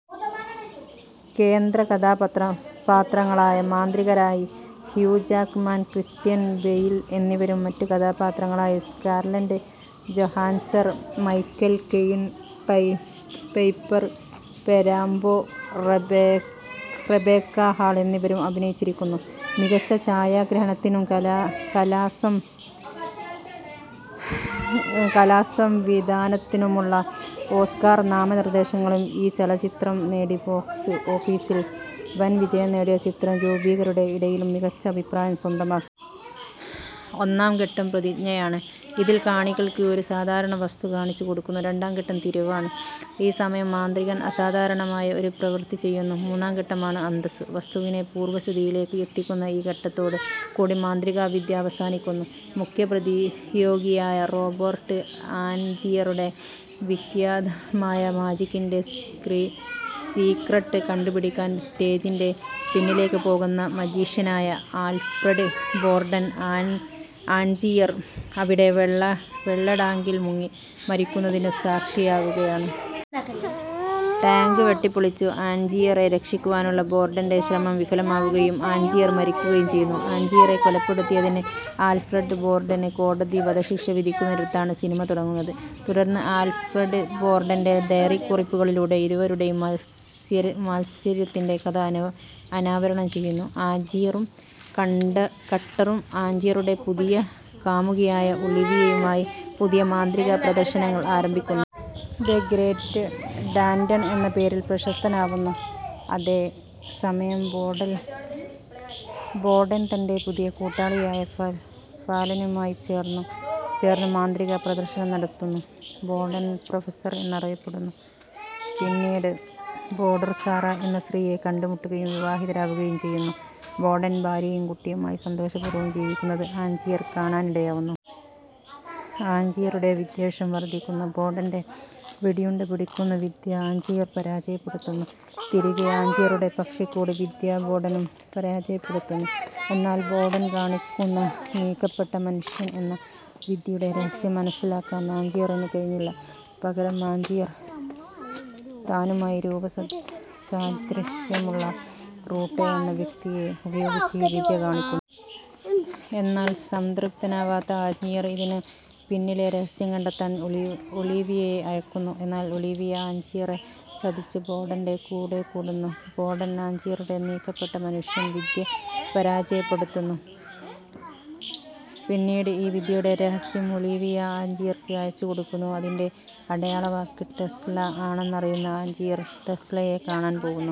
കേന്ദ്രകഥാപാത്രങ്ങളായ മാന്ത്രികരായി Hugh Jackman, Christian Bale എന്നിവരും മറ്റു കഥാപാത്രങ്ങളായി Scarlett Johansson, Michael Caine, Piper Perabo, Rebecca Hall എന്നിവരും അഭിനയിച്ചിരിക്കുന്നു. മികച്ച ഛായാഗ്രഹണത്തിനും കലാസംവിധാനത്തിനുമുള്ള ഓസ്കാർ നാമനിർദ്ദേശങ്ങൾ ഈ ചലച്ചിത്രം നേടി. ബോക്സ് ഓഫീസിൽ വൻ വിജയം നേടിയ ചിത്രം നിരൂപകരുടെ ഇടയിലും മികച്ച അഭിപ്രായം സ്വന്തമാക്കി. ഒന്നാം ഘട്ടം പ്രതിജ്ഞയാണ്. ഇതിൽ കാണികൾക്ക് ഒരു സാധാരണ വസ്തു കാണിച്ചുകൊടുക്കുന്നു. രണ്ടാം ഘട്ടം തിരിവാണ്. ഈ സമയം മാന്ത്രികൻ അസാധാരണമായ ഒരു പ്രവൃത്തി ചെയ്യുന്നു. മൂന്നാം ഘട്ടമാണ് അന്തസ്സ്. വസ്തുവിനെ പൂർവ്വസ്ഥിതിയിലേക്ക് എത്തിക്കുന്ന ഈ ഘട്ടത്തോടു കൂടി മാന്ത്രികവിദ്യ അവസാനിക്കുന്നു. മുഖ്യപ്രതിയോഗിയായ റോബർട്ട് ആൻജിയറുടെ വിഖ്യാതമായ മാജിക്കിൻറെ സീക്ക്രട്ട് കണ്ടുപിടിക്കാൻ സ്റ്റേജിന്റെ പിന്നിലേക്ക് പോകുന്ന മജീഷ്യനായ ആൽഫ്രഡ് ബോർടൻ, ആന്ജിയർ അവിടെ വെള്ളടാങ്കിൽ മുങ്ങി മരിക്കുന്നതിനു സാക്ഷിയാവുകയാണ്. ടാങ്ക് വെട്ടിപ്പൊളിച്ചു ആന്ജിയറെ രക്ഷിക്കുവാനുള്ള ബോർടന്റെ ശ്രമം വിഫലമാവുകയും ആന്ജിയർ മരിക്കുകയും ചെയ്യുന്നു. ആൻജിയറെ കൊലപ്പെടുത്തിയതിന് ആൽഫ്രഡ് ബോർടന് കോടതി വധശിക്ഷ വിധിക്കുന്നിടത്താണ് സിനിമ തുടങ്ങുന്നത്. തുടർന്ന് ആൽഫ്രഡ് ബോർടന്റെ ഡയറിക്കുറിപ്പുകളിലൂടെ ഇരുവരുടെയും മാത്സര്യത്തിന്റെ കഥ അനാവരണം ചെയ്യുന്നു. ആഞ്ജിയറും കട്ടറും ആഞ്ജിയറുടെ പുതിയ കാമുകിയായ ഒളീവിയയുമായി പുതിയ മാന്ത്രിക പ്രദർശനങ്ങൾ ആരംഭിക്കുന്നു. ദ ഗ്രേറ്റ് ഡാന്റൺ എന്ന പേരിൽ പ്രശസ്തനാവുന്നു. അതേ സമയം ബോഡൻ തന്റെ പുതിയ കൂട്ടാളിയായ ഫാലനുമായി ചേർന്നും മാന്ത്രിക പ്രദർശനം നടത്തുന്നു. ബോഡൻ പ്രൊഫസർ എന്നറിയപ്പെടുന്നു. പിന്നീട് ബോഡൻ സാറ എന്ന സ്ത്രീയെ കണ്ടുമുട്ടുകയും വിവാഹിതരാവുകയും ചെയ്യുന്നു. ബോഡൻ ഭാര്യയും കുട്ടിയുമായി സന്തോഷപൂർവ്വം ജീവിക്കുന്നത് ആഞ്ജിയർ കാണാനിടയാവുന്നു. ആഞ്ജിയറുടെ വിദ്വേഷം വർദ്ധിക്കുന്നു. ബോഡന്റെ വെടിയുണ്ട പിടിക്കുന്ന വിദ്യ ആഞ്ജിയർ പരാജയപ്പെടുത്തുന്നു. തിരികെ ആഞ്ജിയറുടെ പക്ഷിക്കൂട് വിദ്യ ബോഡനും പരാജയപ്പെടുത്തുന്നു. എന്നാൽ ബോഡൻ കാണിക്കുന്ന നീക്കപ്പെട്ട മനുഷ്യൻ എന്ന വിദ്യയുടെ രഹസ്യം മനസ്സിലാക്കാൻ ആഞ്ജിയറിന് കഴിഞ്ഞില്ല. പകരം ആഞ്ജിയർ താനുമായി രൂപസാദൃശ്യമുള്ള റൂട്ടെ എന്ന വ്യക്തിയെ ഉപയോഗിച്ച് ഈ വിദ്യ കാണിക്കുന്നു. എന്നാൽ സംതൃപ്തനാവാത്ത ആഞ്ജിയർ ഇതിനു പിന്നിലെ രഹസ്യം കണ്ടെത്താൻ ഒളീവിയയെ അയക്കുന്നു. എന്നാൽ ഒളീവിയ ആഞ്ജിയറെ ചതിച്ച് ബോഡന്റെ കൂടെക്കൂടുന്നു. ബോഡൻ ആഞ്ജിയറുടെ നീക്കപ്പെട്ട മനുഷ്യൻ വിദ്യ പരാജയപ്പെടുത്തുന്നു. പിന്നീട് ഈ വിദ്യയുടെ രഹസ്യം ഒളീവിയ ആഞ്ജിയർക്ക് അയച്ചു കൊടുക്കുന്നു. അതിന്റെ അടയാളവാക്ക് ടെസ്ല ആണെന്നറിയുന്ന ആഞ്ജിയർ ടെസ്ലയെ കാണാൻ പോവുന്നു.